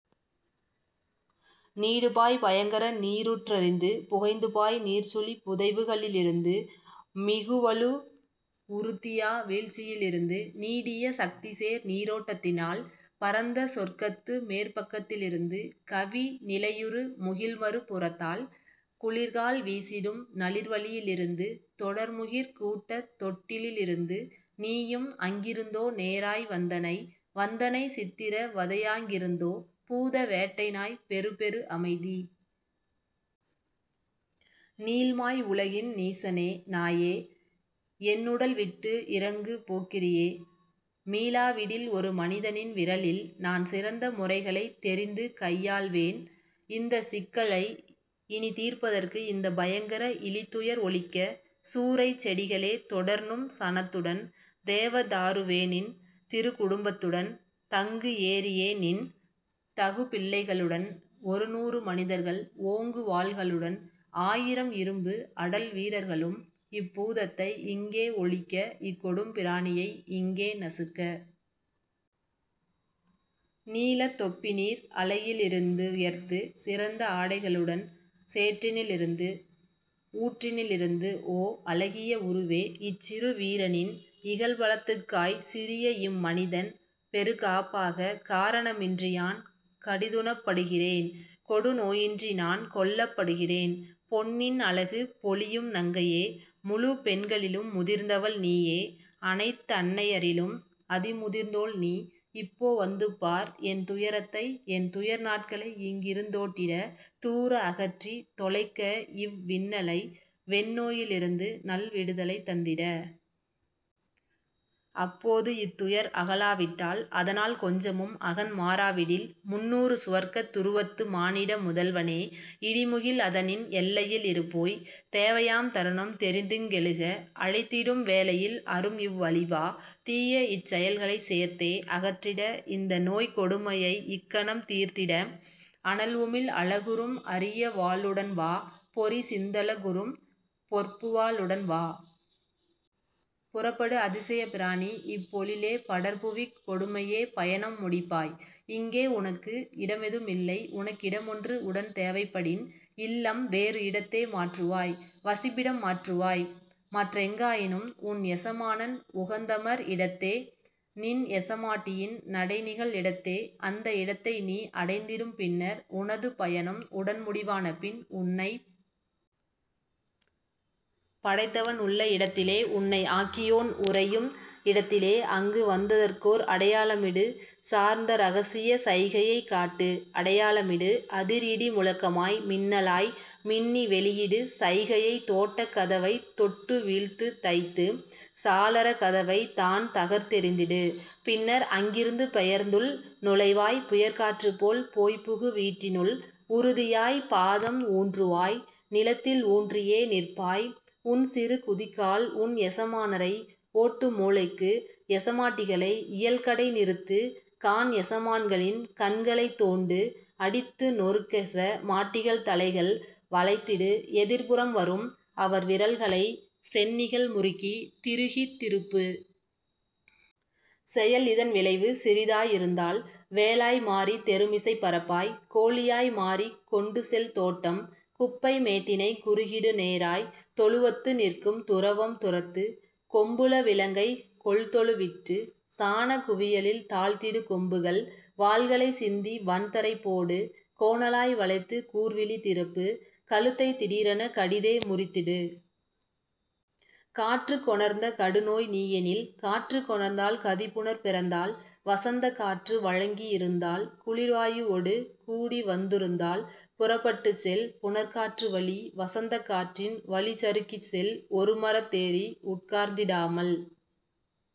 நீடுபாய்ப் பயங்கர நீரூற்றிருந்து புகைந்துபாய் நீர்ச்சுழிப் புதைவுகளிருந்து மிகுவலு உறுத்தியா வீழ்ச்சியிலிருந்து நீடிய சக்திசேர் நீரோட்டத்தினால் பரந்தசொர்க்கத்து மேற் பக்கத்திலிருந்து கவி நிலையுறு முகில்மறு புறத்தால் குளிர்கால் வீசிடும் நளிர்வழியிலிருந்து தொடர்முகிற் கூட்டத் தொட்டிலிலிருந்து. நீயும் அங்கிருந்தோ நேராய் வந்தனை? வந்தனை சித்திர வதையாங்கிருந்தோ? பூத வேட்டைநாய் பெறுபெறு அமைதி! நீள்மாய் உலகின் நீசனே நாயே! என்னுடல் விட்டு இறங்குபோக்கிரியே! மீளா விடில்ஒரு மனிதனின் விறலில்நான் சிறந்த முறைகளைத் தெரிந்துகை யாழ்வேன் இந்தச் சிக்கலை இனித்தீர்ப்பதற்கு இந்தப் பயங்கர இழிதுயர் ஒழிக்க. சூரைச் செடிகளே தொடர்நும் சனத்துடன் தேவதாருவேநின் திருக்குடும்பத்துடன் தங்குஏரியேநின் தகுபிள்ளைகளுடன் ஒருநூறு மனிதர்கள் ஓங்குவாள்களுடன் ஆயிரம் இரும்பு அடல் வீரர்களும் இப்பூதத்தை இங்கே ஒழிக்க இக்கொடும் பிராணியை இங்கே நசுக்க. நீலத் தொப்பிநீர் அலையிருந்துயர்த்து சிறந்த ஆடைகளுடன் சேற்றினிலிருந்து ஊற்றினிலிருந்துஓ அழகிய உருவே! இச்சிறு வீரனின் இகல்பலத்துக்காய் சிறியஇம் மனிதன் பெறுகாப்பாக காரணமின்றியான் கடிதுணப்படுகிறேன் கொடுநோயின்றிநான் கொல்லப்படுகிறேன். பொன்னின் அழகு பொலியும் நங்கையே! முழுப்பெண்களிலும் முதிர்ந்தவள் நீயே! அனைத்தன்னையரிலும் அதிமுதிர்ந்தோள்நீ! இப்போ வந்துபார் என்துயரத்தை என்துயர் நாட்களைஇங்கிருந்தோட்டிட தூர அகற்றித் தொலைக்கஇவ் வின்னலை வெந்நோயிலிருந்துநல் விடுதலை தந்திட. அப்போது இத்துயர் அகலா விட்டால் அதனால் கொஞ்சமும் அகன்மாறாவிடில் முந்நூறு சுவர்க்கத் துருவத்து மானிட முதல்வனே! இடிமுகில் அதனின் எல்லையில் இருப்போய்! தேவையாம் தருணம் தெரிந்திங் கெழுக! அழைத்திடும் வேளையில் அரும்இவ் வழிவா! தீயஇச் செயல்களைச் சேர்த்தே அகற்றிட இந்தநோய்க் கொடுமையை இக்கணம் தீர்த்திட அனல்உமிழ் அலகுறும் அரியவாளுடன்வா பொறிசிந்தலகுறும் பொற்புவாளுடன்வா. புறப்படு அதிசயப்பிராணி இப்பொழிலே படர்புவிக் கொடுமையே பயணம் முடிப்பாய் இங்கே உனக்கு இடமெதுமில்லை உனக்கிடமொன்று உடன்தேவைப்படின் இல்லம் வேறு இடத்தே மாற்றுவாய் வசிப்பிடம் மாற்றுவாய் மற்றெங்காயினும் உன்எசமானன் உகந்தமர் இடத்தே நின்எசமாட்டியின் நடைநிகழ் இடத்தே. அந்த இடத்தைநீ அடைந்திடும் பின்னர் உனது பயணம் உடன்முடிவானபின் உன்னைப் படைத்தவன் உள்ள இடத்திலே உன்னை ஆக்கியோன் உறையும் இடத்திலே அங்குவந்ததற்கோர் அடையாளமிடு சார்ந்தரகசியச் சைகையைக் காட்டு அடையாளமிடு அதிர்இடி முழக்கமாய் மின்னலாய் மின்னி வெளியிடு சைகையை தோட்டக் கதவைத் தொட்டுவீழ்த்துதைத்து சாளரக் கதவைத் தான்தகர்த் தெறிந்திடு பின்னர்அங்கிருந்து பெயர்ந்துள் நுழைவாய் புயற்காற்றுப்போல் போய்ப்புகு வீட்டினுள் உறுதியாய்ப் பாதம் ஊன்றுவாய் நிலத்தில் ஊன்றியே நிற்பாய் உன்சிறு குதிக்கால் உன்எசமானரை ஓட்டுமூலைக்கு எசமாட்டிகளை இயல்கடை நிறுத்து காண்எசமான்களின் கண்களைத் தோண்டு அடித்து நொருக்கெச மாட்டிகள் தலைகள் வளைத்திடு எதிர்ப்புறம் வரும்அவர் விரல்களை சென்னிகள் முறுக்கித் திருகித் திருப்பு. செயல்இதன் விளைவு சிறிதாய் இருந்தால் வேலாய் மாறித் தெருமிசைப் பறப்பாய் கோழியாய் மாறிக் கொண்டுசெல் தோட்டம் குப்பை மேட்டினைக் குறுகிடு நேராய் தொழுவத்து நிற்கும் துரவம் துரத்து கொம்புள விலங்கைக் கொள்தொழு விட்டு சாணக் குவியலில் தாழ்த்திடு கொம்புகள் வால்களைச் சிந்தி வன்தரை போடு கோணலாய் வளைத்துக் கூர்விழி திருப்பு கழுத்தைத் திடீரெனக் கடிதே முறித்திடு. காற்றுக் கொணர்ந்த கடுநோய் நீயெனில் காற்று கொணர்ந்தால் கதிபுனற் பிறந்தால் வசந்தக் காற்று வழங்கி இருந்தால் குளிர்வாயுவொடு கூடிவந்துருந்தால் புறப்பட்டுச்செல் புணர்காற்றுவழி வசந்தக் காற்றின் வழிசறுக்கிச்செல் ஒருமரத் தேறி உட்கார்ந்திடாமல்